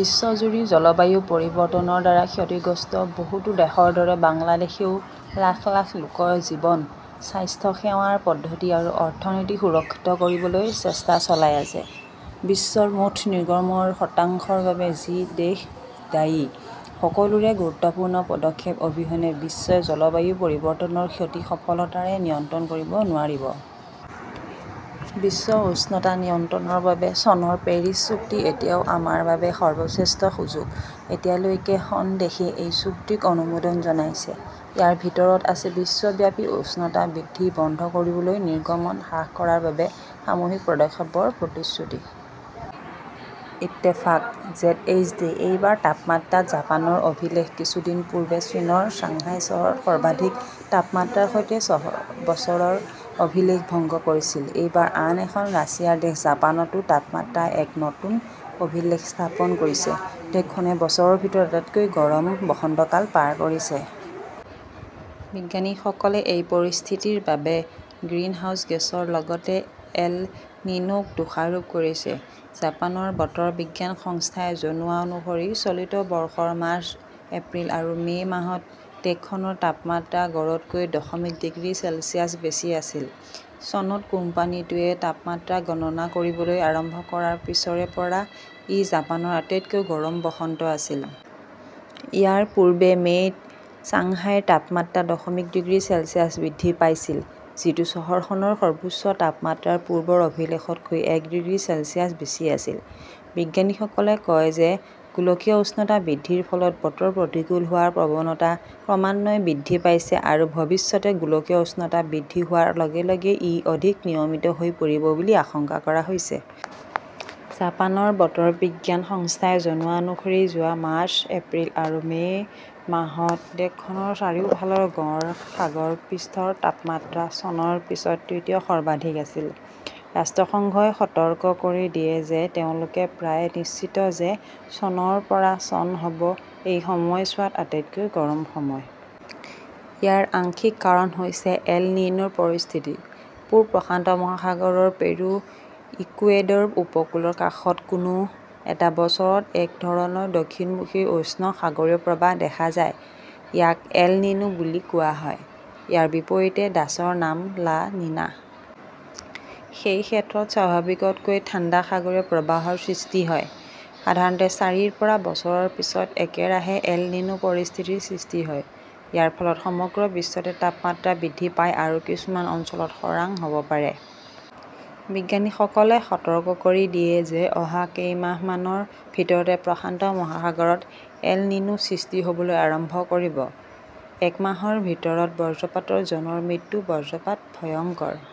বিশ্বজুৰি জলবায়ু পৰিৱৰ্তনৰ দ্বাৰা ক্ষতিগ্ৰস্ত বহুতো দেশৰ দৰে বাংলাদেশেও লাখ লাখ লোকৰ জীৱন, স্বাস্থ্য সেৱাৰ পদ্ধতি আৰু অৰ্থনীতি সুৰক্ষিত কৰিবলৈ চেষ্টা চলাই আছে। বিশ্বৰ মুঠ নিৰ্গমনৰ শতাংশৰ বাবে জি- দেশ দায়ী। সকলোৰে গুৰুত্বপূৰ্ণ পদক্ষেপ অবিহনে বিশ্বই জলবায়ু পৰিৱৰ্তনৰ ক্ষতি সফলতাৰে নিয়ন্ত্ৰণ কৰিব নোৱাৰিব। বিশ্ব উষ্ণতা নিয়ন্ত্ৰণৰ বাবে চনৰ পেৰিছ চুক্তি এতিয়াও আমাৰ বাবে সৰ্বশ্ৰেষ্ঠ সুযোগ। এতিয়ালৈকে খন দেশে এই চুক্তিক অনুমোদন জনাইছে। ইয়াৰ ভিতৰত আছে বিশ্বব্যাপী উষ্ণতা বৃদ্ধি বন্ধ কৰিবলৈ নিৰ্গমন হ্ৰাস কৰাৰ বাবে সামূহিক পদক্ষেপৰ প্ৰতিশ্ৰুতি। ইত্তেফাক/জেডএইচডি এইবাৰ তাপমাত্ৰাত জাপানৰ অভিলেখ কিছুদিন পূৰ্বে চীনৰ চাংহাই চহৰত সৰ্বাধিক তাপমাত্ৰাৰ সৈতে বছৰৰ অভিলেখ ভংগ কৰিছিল। এইবাৰ আন এখন এছিয়াৰ দেশ জাপানতো তাপমাত্ৰাই এক নতুন অভিলেখ স্থাপন কৰিছে। দেশখনে বছৰৰ ভিতৰত আটাইতকৈ গৰম বসন্তকাল পাৰ কৰিছে। বিজ্ঞানীসকলে এই পৰিস্থিতিৰ বাবে গ্ৰিনহাউজ গেছৰ লগতে এল নিনোক দোষাৰোপ কৰিছে। জাপানৰ বতৰ বিজ্ঞান সংস্থাই জনোৱা অনুসৰি চলিত বৰ্ষৰ মাৰ্চ, এপ্ৰিল আৰু মে "মাহত দেশখনৰ তাপমাত্ৰা গড়তকৈ দশমিক ডিগ্ৰী চেলছিয়াছ বেছি আছিল। চনত কোম্পানীটোৱে তাপমাত্ৰা গণনা কৰিবলৈ আৰম্ভ কৰাৰ পিছৰে পৰা ই জাপানৰ আটাইতকৈ গৰম বসন্ত আছিল। ইয়াৰ পূৰ্বে মে 'ত চাংহাইৰ তাপমাত্ৰা দশমিক ডিগ্ৰী চেলছিয়াছ বৃদ্ধি পাইছিল, যিটো চহৰখনৰ সৰ্বোচ্চ তাপমাত্ৰাৰ পূৰ্বৰ অভিলেখতকৈ এক ডিগ্ৰী চেলছিয়াছ বেছি আছিল। বিজ্ঞানীসকলে কয় যে গোলকীয় উষ্ণতা বৃদ্ধিৰ ফলত বতৰ প্ৰতিকূল হোৱাৰ প্ৰৱণতা ক্ৰমান্বয়ে বৃদ্ধি পাইছে আৰু ভৱিষ্যতে গোলকীয় উষ্ণতা বৃদ্ধি হোৱাৰ লগে লগে ই অধিক নিয়মিত হৈ পৰিব বুলি আশংকা কৰা হৈছে। জাপানৰ বতৰ বিজ্ঞান সংস্থাই জনোৱা অনুসৰি যোৱা মাৰ্চ, এপ্ৰিল আৰু মে "মাহত দেশখনৰ চাৰিওফালৰ গড় সাগৰ পৃষ্ঠৰ তাপমাত্ৰা চনৰ পিছত তৃতীয় সৰ্বাধিক আছিল। ৰাষ্ট্ৰসংঘই সতৰ্ক কৰি দিয়ে যে তেওঁলোকে প্ৰায় নিশ্চিত যে চনৰ পৰা চন হ 'ব এই সময়ছোৱাত আটাইতকৈ গৰম সময়। ইয়াৰ আংশিক কাৰণ হৈছে এল নিনোৰ পৰিস্থিতি। পূব প্ৰশান্ত মহাসাগৰৰ পেৰু-ইকুৱেডৰ উপকূলৰ কাষত কোনো এটা বছৰত এক ধৰণৰ দক্ষিণমুখী উষ্ণ সাগৰীয় প্ৰৱাহ দেখা যায়। ইয়াক এল নিনো বুলি কোৱা হয়। ইয়াৰ বিপৰীতে ডাছৰ নাম লা নিনা। সেই ক্ষেত্ৰত স্বাভাৱিকতকৈ ঠাণ্ডা সাগৰীয় প্ৰৱাহৰ সৃষ্টি হয়। সাধাৰণতে চাৰিৰ পৰা বছৰৰ পিছত একেৰাহে এল নিনো পৰিস্থিতিৰ সৃষ্টি হয়। ইয়াৰ ফলত সমগ্ৰ বিশ্বতে তাপমাত্ৰা বৃদ্ধি পায় আৰু কিছুমান অঞ্চলত খৰাং হ "ব পাৰে। বিজ্ঞানীসকলে সতৰ্ক কৰি দিয়ে যে অহা কেইমাহমানৰ ভিতৰতে প্ৰশান্ত মহাসাগৰত এল নিনো সৃষ্টি হ 'বলৈ আৰম্ভ কৰিব। এক মাহৰ ভিতৰত বজ্ৰপাতত জনৰ মৃত্যু বজ্ৰপাত ভয়ংকৰ